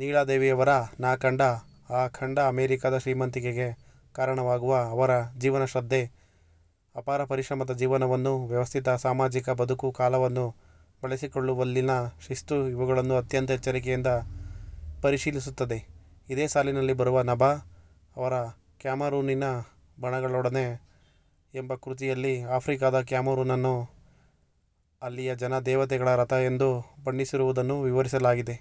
ನೀಳಾದೇವಿಯವರ ನಾ ಕಂಡ ಆ ಖಂಡ ಅಮೆರಿಕದ ಶ್ರೀಮಂತಿಕೆಗೆ ಕಾರಣವಾಗುವ ಅವರ ಜೀವನಶ್ರದ್ಧೆ, ಅಪಾರ ಪರಿಶ್ರಮದ ಜೀವನವನ್ನು ವ್ಯವಸ್ಥಿತ ಸಾಮಾಜಿಕ ಬದುಕು, ಕಾಲವನ್ನು ಬಳಸಿಕೊಳ್ಳುವಲ್ಲಿನ ಶಿಸ್ತು- ಇವುಗಳನ್ನು ಅತ್ಯಂತ ಎಚ್ಚರಿಕೆಯಿಂದ ಪರಿಶೀಲಿಸುತ್ತದೆ. ಇದೇ ಸಾಲಿನಲ್ಲಿ ಬರುವ ನಭ ಅವರ ಕ್ಯಾಮರೂನಿನ ಬಣಗಳೊಡನೆ ಎಂಬ ಕೃತಿಯಲ್ಲಿ ಆಫ್ರಿಕಾದ ಕ್ಯಾಮರೂನನ್ನು ಅಲ್ಲಿಯ ಜನ ದೇವತೆಗಳ ರಥ ಎಂದು ಬಣ್ಣಿಸಿರುವುದನ್ನು ವಿವರಿಸಲಾಗಿದೆ.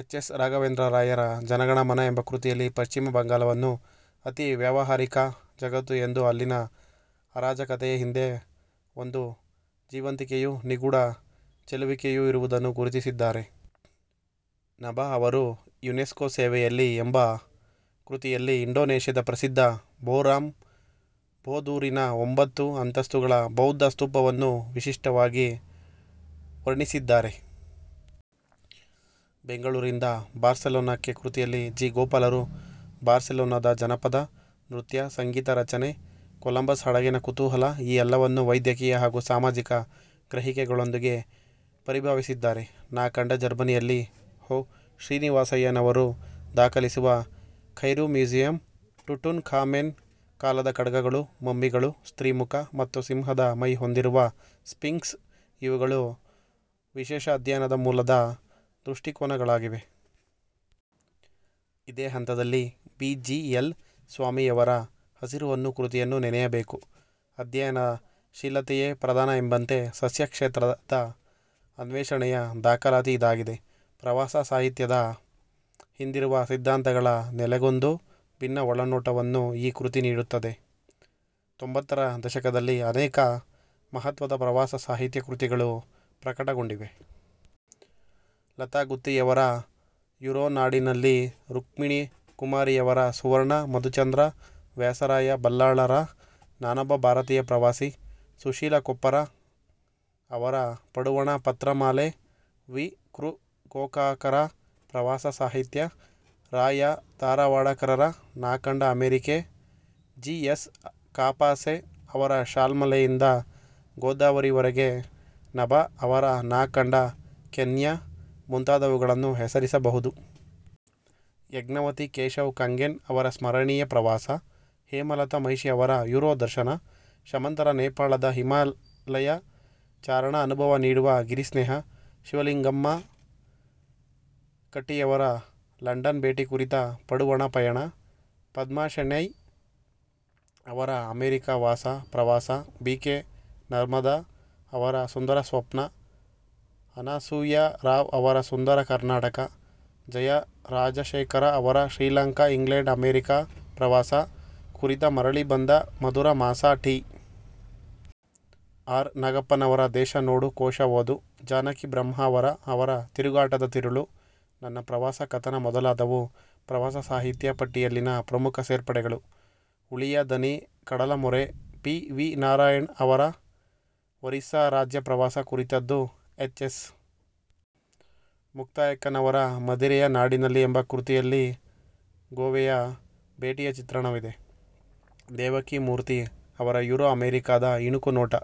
ಎಚ್. ಎಸ್. ರಾಘವೇಂದ್ರರಾಯರ "ಜನಗಣಮನ" ಎಂಬ ಕೃತಿಯಲ್ಲಿ ಪಶ್ಚಿಮ ಬಂಗಾಲವನ್ನು ಅತೀ ವ್ಯಾವಹಾರಿಕ ಜಗತ್ತು ಎಂದೂ ಅಲ್ಲಿನ ಅರಾಜಕತೆಯ ಹಿಂದೆ ಒಂದು ಜೀವಂತಿಕೆಯೂ ನಿಗೂಢ ಚೆಲುವಿಕೆಯೂ ಇರುವುದನ್ನು ಗುರುತಿಸಿದ್ದಾರೆ. ನಭ ಅವರು ಯುನೆಸ್ಕೋ ಸೇವೆಯಲ್ಲಿ ಎಂಬ ಕೃತಿಯಲ್ಲಿ ಇಂಡೊನೇಷ್ಯದ ಪ್ರಸಿದ್ಧ ಬೋರಾಂ ಬೋದೂರಿನ ಒಂಬತ್ತು ಅಂತಸ್ತುಗಳ ಬೌದ್ಧ ಸ್ತೂಪವನ್ನು ವಿಶಿಷ್ಟವಾಗಿ ವರ್ಣಿಸಿದ್ದಾರೆ. ಬೆಂಗಳೂರಿಂದ ಬಾರ್ಸೆಲೋನಾಕ್ಕೆ ಕೃತಿಯಲ್ಲಿ ಜಿ. ಗೋಪಾಲರು ಬಾರ್ಸೆಲೋನಾದ ಜನಪದ ನೃತ್ಯ, ಸಂಗೀತ ರಚನೆ, ಕೊಲಂಬಸ್ ಹಡಗಿನ ಕುತೂಹಲ ಈ ಎಲ್ಲವನ್ನೂ ವೈದ್ಯಕೀಯ ಹಾಗೂ ಸಾಮಾಜಿಕ ಗ್ರಹಿಕೆಗಳೊಂದಿಗೆ ಪರಿಭಾವಿಸಿದ್ದಾರೆ. ನಾ ಕಂಡ ಜರ್ಮನಿಯಲ್ಲಿ ಹೊ. ಶ್ರೀನಿವಾಸಯ್ಯನವರು ದಾಖಲಿಸುವ ಕೈರೋ ಮ್ಯೂಸಿಯಂ, ಟುಟುನ್ ಖಾಮೆನ್ ಕಾಲದ ಖಡ್ಗಗಳು, ಮಮ್ಮಿಗಳು, ಸ್ತ್ರೀ ಮುಖ ಮತ್ತು ಸಿಂಹದ ಮೈ ಹೊಂದಿರುವ ಸ್ಫಿಂಕ್ಸ್ ಇವುಗಳು ವಿಶೇಷ ಅಧ್ಯಯನ ಮೂಲದ ದೃಷ್ಟಿಕೋನಗಳಾಗಿವೆ. ಇದೇ ಹಂತದಲ್ಲಿ ಬಿ. ಜಿ. ಎಲ್. ಸ್ವಾಮಿಯವರ "ಹಸಿರು ಹೊನ್ನು" ಕೃತಿಯನ್ನೂ ನೆನೆಯಬೇಕು. ಅಧ್ಯಯನಶೀಲತೆಯೇ ಪ್ರಧಾನ ಎಂಬಂತೆ ಸಸ್ಯಕ್ಷೇತ್ರದ ಅನ್ವೇಷಣೆಯ ದಾಖಲಾತಿ ಇದಾಗಿದೆ. ಪ್ರವಾಸ ಸಾಹಿತ್ಯದ ಹಿಂದಿರುವ ಸಿದ್ಧಾಂತಗಳ ನೆಲೆಗೊಂದು ಬಿನ್ನ ಒಳನೋಟವನ್ನು ಈ ಕೃತಿ ನೀಡುತ್ತದೆ. ತೊಂಭತ್ತರ ದಶಕದಲ್ಲಿ ಅನೇಕ ಮಹತ್ವದ ಪ್ರವಾಸ ಸಾಹಿತ್ಯ ಕೃತಿಗಳು ಪ್ರಕಟಗೊಂಡಿವೆ. ಲತಾಗುತ್ತಿಯವರ ಯುರೋನಾಡಿನಲ್ಲಿ, ರುಕ್ಮಿಣಿಕುಮಾರಿಯವರ ಸುವರ್ಣ ಮಧುಚಂದ್ರ, ವ್ಯಾಸರಾಯ ಬಲ್ಲಾಳರ ನಾನೊಬ್ಬ ಭಾರತೀಯ ಪ್ರವಾಸಿ, ಸುಶೀಲಾ ಕೊಪ್ಪರ ಅವರ ಪಡುವಣ ಪತ್ರಮಾಲೆ, ವಿ. ಕೃ. ಗೋಕಾಕರ ಪ್ರವಾಸ ಸಾಹಿತ್ಯ, ರಾ. ಯ. ಧಾರವಾಡಕರರ ನಾಕಂಡ ಅಮೆರಿಕೆ, ಜಿ. ಎಸ್. ಕಾಪಸೆ ಅವರ ಶಾಲ್ಮಲೆಯಿಂದ ಗೋದಾವರಿವರೆಗೆ, ನಭ ಅವರ ನಾ ಕಂಡ ಕೆನ್ಯಾ ಮುಂತಾದುವುಗಳನ್ನು ಹೆಸರಿಸಬಹುದು. ಯಜ್ಞವತಿ ಕೇಶವ ಕಂಗೆನ್ ಅವರ ಸ್ಮರಣೀಯ ಪ್ರವಾಸ, ಹೇಮಲತಾ ಮಹಿಷಿ ಅವರ ಯುರೋದರ್ಶನ, ಶಮಂತರ ನೇಪಾಳದ ಹಿಮಾಲಯ ಚಾರಣ ಅನುಭವ ನೀಡುವ ಗಿರಿಸ್ನೇಹ, ಶಿವಲಿಂಗಮ್ಮ ಕಟ್ಟಿಯವರ ಲಂಡನ್ ಭೇಟಿ ಕುರಿತ ಪಡುವಣ ಪಯಣ, ಪದ್ಮಾಶೆಣೈ ಅವರ ಅಮೆರಿಕವಾಸ ಪ್ರವಾಸ, ಬಿ. ಕೆ. ನರ್ಮದ ಅವರ ಸುಂದರಸ್ವಪ್ನ, ಅನಸೂಯಾ ರಾವ್ ಅವರ ಸುಂದರ ಕರ್ನಾಟಕ ಜಯಾ ರಾಜಶೇಖರ ಅವರ ಶ್ರೀಲಂಕಾ ಇಂಗ್ಲೆಂಡ್ ಅಮೆರಿಕಾ ಪ್ರವಾಸ ಕುರಿತ ಮರಳಿ ಬಂದ ಮಧುರ ಮಾಸ ಟಿ. ಆರ್. ನಾಗಪ್ಪನವರ ದೇಶ ನೋಡು ಕೋಶ ಓದು ಜಾನಕಿ ಬ್ರಹ್ಮಾವರ ಅವರ ತಿರುಗಾಟದ ತಿರುಳು, ನನ್ನ ಪ್ರವಾಸ ಕಥನ ಮೊದಲಾದವು ಪ್ರವಾಸ ಸಾಹಿತ್ಯ ಪಟ್ಟಿಯಲ್ಲಿನ ಪ್ರಮುಖ ಸೇರ್ಪಡೆಗಳು. ಉಳಿಯ ದನಿ ಕಡಲಮೊರೆ ಪಿ. ವಿ. ನಾರಾಯಣ ಅವರ ಒರಿಸ್ಸ ರಾಜ್ಯ ಪ್ರವಾಸ ಕುರಿತದ್ದು. ಎಚ್. ಎಸ್. ಮುಕ್ತಾಯಕ್ಕನವರ ಮದಿರೆಯ ನಾಡಿನಲ್ಲಿ ಎಂಬ ಕೃತಿಯಲ್ಲಿ ಗೋವೆಯ ಭೇಟಿಯ ಚಿತ್ರಣವಿದೆ. ದೇವಕೀ ಮೂರ್ತಿ ಅವರ ಯುರೋ ಅಮೆರಿಕಾದ ಇಣುಕುನೋಟ,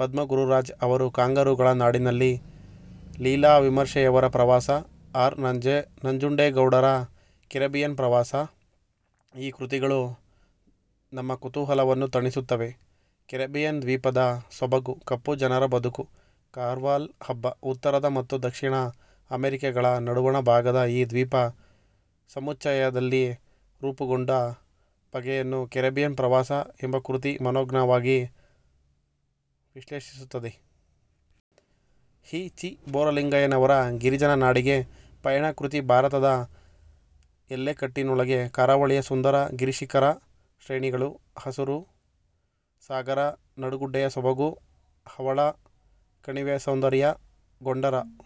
ಪದ್ಮಗುರುರಾಜ್ ಅವರ ಕಾಂಗರೂಗಳ ನಾಡಿನಲ್ಲಿ, ಲೀಲಾ ಮಿರ್ಲೆಯವರ ಪ್ರವಾಸ, ಆರ್. ನಂಜುಂಡೇಗೌಡರ ಕೆರೆಬಿಯನ್ ಪ್ರವಾಸ, ಈ ಕೃತಿಗಳು ನಮ್ಮ ಕುತೂಹಲವನ್ನು ತಣಿಸುತ್ತವೆ. ಕೆರೆಬಿಯನ್ ದ್ವೀಪದ ಸೊಬಗು ಕಪ್ಪುಜನರ ಬದುಕು ಕಾರ್ವಾಲ್ ಹಬ್ಬ, ಉತ್ತರ ಮತ್ತು ದಕ್ಷಿಣ ಅಮೆರಿಕಗಳ ನಡುವಣ ಭಾಗದ ಈ ದ್ವೀಪ ಸಮುಚ್ಚಯದಲ್ಲಿ ರೂಪುಗೊಂಡ ಬಗೆಯನ್ನು ಕೆರೆಬಿಯನ್ ಪ್ರವಾಸ ಎಂಬ ಕೃತಿ ಮನೋಜ್ಞವಾಗಿ ವಿಶ್ಲೇಷಿಸುತ್ತದೆ. ಹಿ. ಚಿ. ಬೋರಲಿಂಗಯ್ಯನವರ ಗಿರಿಜನ ನಾಡಿಗೆ ಪಯಣ ಕೃತಿ ಭಾರತದ ಎಲ್ಲೆಕಟ್ಟಿನೊಳಗೆ ಕರಾವಳಿಯ ಸುಂದರ ಗಿರಿಶಿಖರ ಶ್ರೇಣಿಗಳು, ಹಸುರು, ಸಾಗರ ನಡುಗಡ್ಡೆಯ ಸೊಬಗು, ಹವಳ ಕಣಿವೆಯ ಸೌಂದರ್ಯ, ಗೊಂಡರ